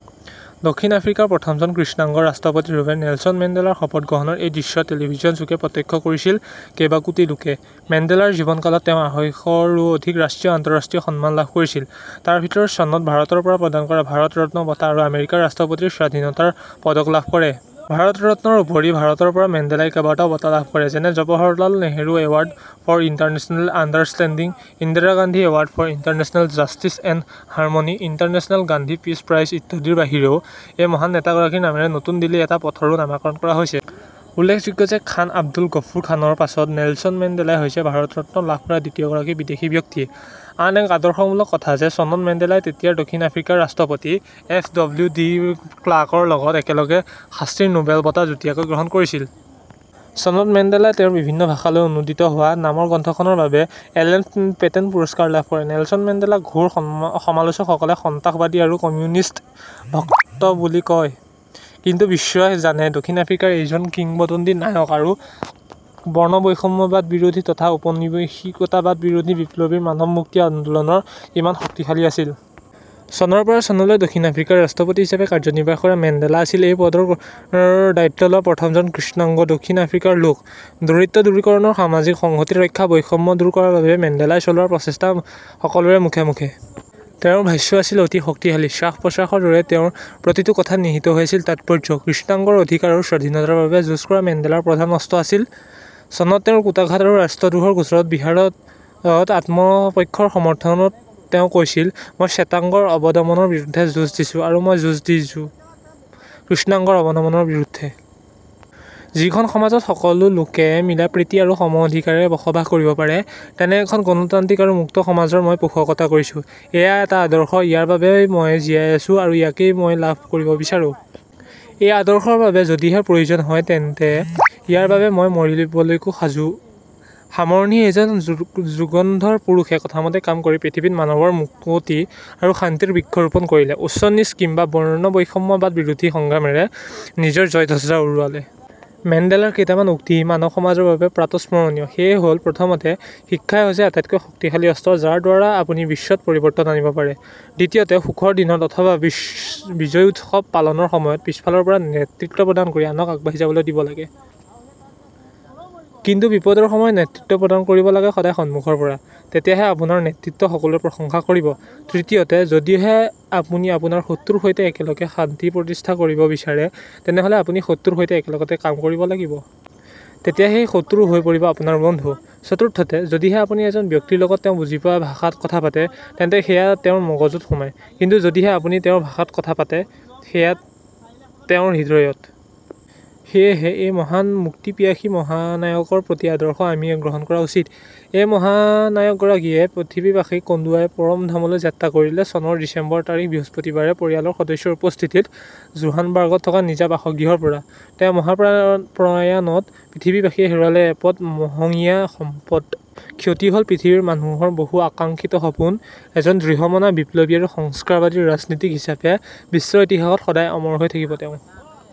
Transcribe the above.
দক্ষিণ আফ্ৰিকাৰ প্ৰথমজন কৃষ্ণাংগ ৰাষ্ট্ৰপতিৰূপে নেলছন মেণ্ডেলাৰ শপতগ্ৰহণৰ এই দৃশ্য টেলিভিছনযোগে প্ৰত্যক্ষ কৰিছিল কেইবাকোটি লোকে। মেণ্ডেলাৰ জীৱন কালত তেওঁ আঢ়ৈশৰো অধিক ৰাষ্ট্ৰীয়-আন্তঃৰাষ্ট্ৰীয় সন্মান লাভ কৰিছিল। তাৰ ভিতৰত চনত ভাৰতৰ পৰা প্ৰদান কৰা 'ভাৰত ৰত্ন' বঁটা আৰু আমেৰিকাৰ ৰাষ্ট্ৰপতিৰ স্বাধীনতাৰ পদক লাভ কৰে। ভাৰত ৰত্ন'ৰ উপৰি ভাৰতৰ পৰা মেণ্ডেলাই কেইবাটাও বঁটা লাভ কৰে যেনে- Jawaharlal Nehru award for international understanding, Indira Gandhi award for international justice and harmony, international Gandhi peace prize ইত্যাদিৰ বাহিৰেও এই মহান নেতাগৰাকীৰ নামেৰে নতুন দিল্লীত এটা পথৰো নামাকৰণ কৰা হৈছে। উল্লেখযোগ্য যে খান আব্দুল গফুৰ খানৰ পাছত নেলছন মেণ্ডেলাই হৈছে 'ভাৰত ৰত্ন' লাভ কৰা দ্বিতীয়গৰাকী বিদেশী ব্যক্তি। আন এক আদৰ্শমূলক কথা যে চনত মেণ্ডেলাই তেতিয়াৰ দক্ষিণ আফ্ৰিকাৰ ৰাষ্ট্ৰপতি এফ ডব্লিউ ডি ক্লাৰ্কৰ লগত একেলগে শান্তিৰ নোবেল বঁটা যুটীয়াকৈ গ্ৰহণ কৰিছিল। চনত মেণ্ডেলাই তেওঁৰ বিভিন্ন ভাষালৈ অনুদিত হোৱা "' নামৰ গ্ৰন্থখনৰ বাবে এলেন পেটন পুৰস্কাৰ লাভ কৰে। নেলছন মেণ্ডেলাক ঘোৰ সমালোচকসকলে সন্ত্ৰাসবাদী আৰু কমিউনিষ্ট ভক্ত বুলি কয়। কিন্তু বিশ্বই জানে দক্ষিণ আফ্ৰিকাৰ এইজন কিংবদন্তি নায়ক আৰু বৰ্ণবৈষম্যবাদবিৰোধী তথা ঔপনিবেশিকতাবাদবিৰোধী বিপ্লৱীৰ মানৱ মুক্তি আন্দোলন কিমান শক্তিশালী আছিল। চনৰ পৰা চনলৈ দক্ষিণ আফ্ৰিকাৰ ৰাষ্ট্ৰপতি হিচাপে কাৰ্যনিৰ্বাহ কৰা মেণ্ডেলা আছিল এই পদৰ দায়িত্ব লোৱা প্ৰথমজন কৃষ্ণাংগ দক্ষিণ আফ্ৰিকাৰ লোক। দৰিদ্ৰতা দূৰীকৰণ, সামাজিক সংহতি ৰক্ষা, বৈষম্য দূৰ কৰাৰ বাবে মেণ্ডেলাই চলোৱা প্ৰচেষ্টা সকলোৰে মুখে মুখে। তেওঁৰ ভাষ্য আছিল অতি শক্তিশালী। শ্বাস-প্ৰশ্বাসৰ দৰেই তেওঁৰ প্ৰতিটো কথাত নিহিত হৈ আছিল তাৎপৰ্য। কৃষ্ণাংগৰ অধিকাৰ আৰু স্বাধীনতাৰ বাবে যুঁজ কৰা মেণ্ডেলাৰ প্ৰধান অস্ত্ৰ আছিল। চনত তেওঁৰ কুটাঘাত আৰু ৰাজদ্ৰোহৰ গোচৰৰ বিচাৰত আত্মপক্ষৰ সমৰ্থনত তেওঁ কৈছিল- 'মই শ্বেতাংগৰ অৱদমনৰ বিৰুদ্ধে যুঁজ দিছোঁ আৰু মই যুঁজ দিছোঁ কৃষ্ণাংগৰ অৱনমনৰ বিৰুদ্ধে। যিখন সমাজত সকলো লোকে মিলাপ্ৰীতি আৰু সম অধিকাৰেৰে বসবাস কৰিব পাৰে। তেনে এখন গণতান্ত্ৰিক আৰু মুক্ত সমাজৰ মই পোষকতা কৰিছোঁ। এয়া এটা আদৰ্শ আৰু ইয়াৰ বাবেই মই জীয়াই আছোঁ আৰু ইয়াকে মই লাভ কৰিব বিচাৰোঁ। এই আদৰ্শৰ বাবে যদিহে প্ৰয়োজন হয়, তেন্তে ইয়াৰ বাবে মই মৰিবলৈকো সাজু। সামৰণি এইজন যুগন্ধৰ পুৰুষে কথামতে কাম কৰি পৃথিৱীত মানৱৰ মুকতি আৰু শান্তিৰ বৃক্ষ ৰোপণ কৰিলে। উচ্চ-নীচ কিম্বা বৰ্ণবৈষম্যবাদ বিৰোধী সংগ্ৰামেৰে নিজৰ জয়ধ্বজা উৰুৱালে। মেণ্ডেলাৰ কেইটামান উক্তি মানৱ সমাজৰ বাবে প্ৰাতঃস্মৰণীয়, সেয়া হ'ল- প্ৰথমতে, "শিক্ষাই হৈছে আটাইতকৈ শক্তিশালী অস্ত্ৰ, যাৰ দ্বাৰা আপুনি বিশ্বত পৰিৱৰ্তন আনিব পাৰে। ' দ্বিতীয়তে, সুখৰ দিনত অথবা বিজয়োৎসৱ পালনৰ সময়ত পিচফালৰ পৰা নেতৃত্ব প্ৰদান কৰি আনক আগবাঢ়ি যাবলৈ দিব লাগে। কিন্তু বিপদৰ সময়ত নেতৃত্ব প্ৰদান কৰিব লাগে সদায় সন্মুখৰ পৰা। তেতিয়াহে আপোনাৰ নেতৃত্বত সকলোৱে প্ৰশংসা কৰিব। ' তৃতীয়তে, 'যদিহে আপুনি আপোনাৰ শত্ৰুৰ সৈতে একেলগে শান্তি প্ৰতিষ্ঠা কৰিব বিচাৰে, তেনেহ'লে আপুনি শত্ৰুৰ সৈতে একেলগে কাম কৰিব লাগিব। তেতিয়া সেই শত্ৰুও হৈ পৰিব আপোনাৰ বন্ধু। ' চতুৰ্থতে, 'যদিহে আপুনি এজন ব্যক্তিৰ লগত তেওঁ বুজি পোৱা ভাষাত কথা পাতে, তেন্তে সেয়া তেওঁৰ মগজুত সোমায়। কিন্তু যদিহে আপুনি তেওঁৰ ভাষাত কথা পাতে সেয়া সোমায় তেওঁৰ হৃদয়ত। ' সেয়েহে এই মহান মুক্তিপিয়াসী মহানায়কৰ প্ৰতি আদৰ্শ আমি গ্ৰহণ কৰা উচিত। এই মহানায়কগৰাকীয়ে পৃথিৱীবাসীক কন্দুৱাই পৰধামলৈ যাত্ৰা কৰিলে চনৰ ডিচেম্বৰ তাৰিখ বৃহস্পতিবাৰে পৰিয়ালৰ সদস্যৰ উপস্থিতিত জোহান্সবাৰ্গত থকা নিজা বাসগৃহৰ পৰা। তেওঁ মহাপ্ৰয়াণত পৃথিৱীবাসীয়ে হেৰুৱালে এপদ মহঙীয়া সম্পদ। ক্ষতি হ'ল পৃথিৱীৰ মানুহৰ বহু আকাংক্ষিত সপোন। এজন দৃঢ়মনা বিপ্লৱী আৰু সংস্কাৰবাদী ৰাজনীতিক হিচাপে বিশ্ব ইতিহাসত সদায় অমৰ হৈ থাকিব তেওঁ।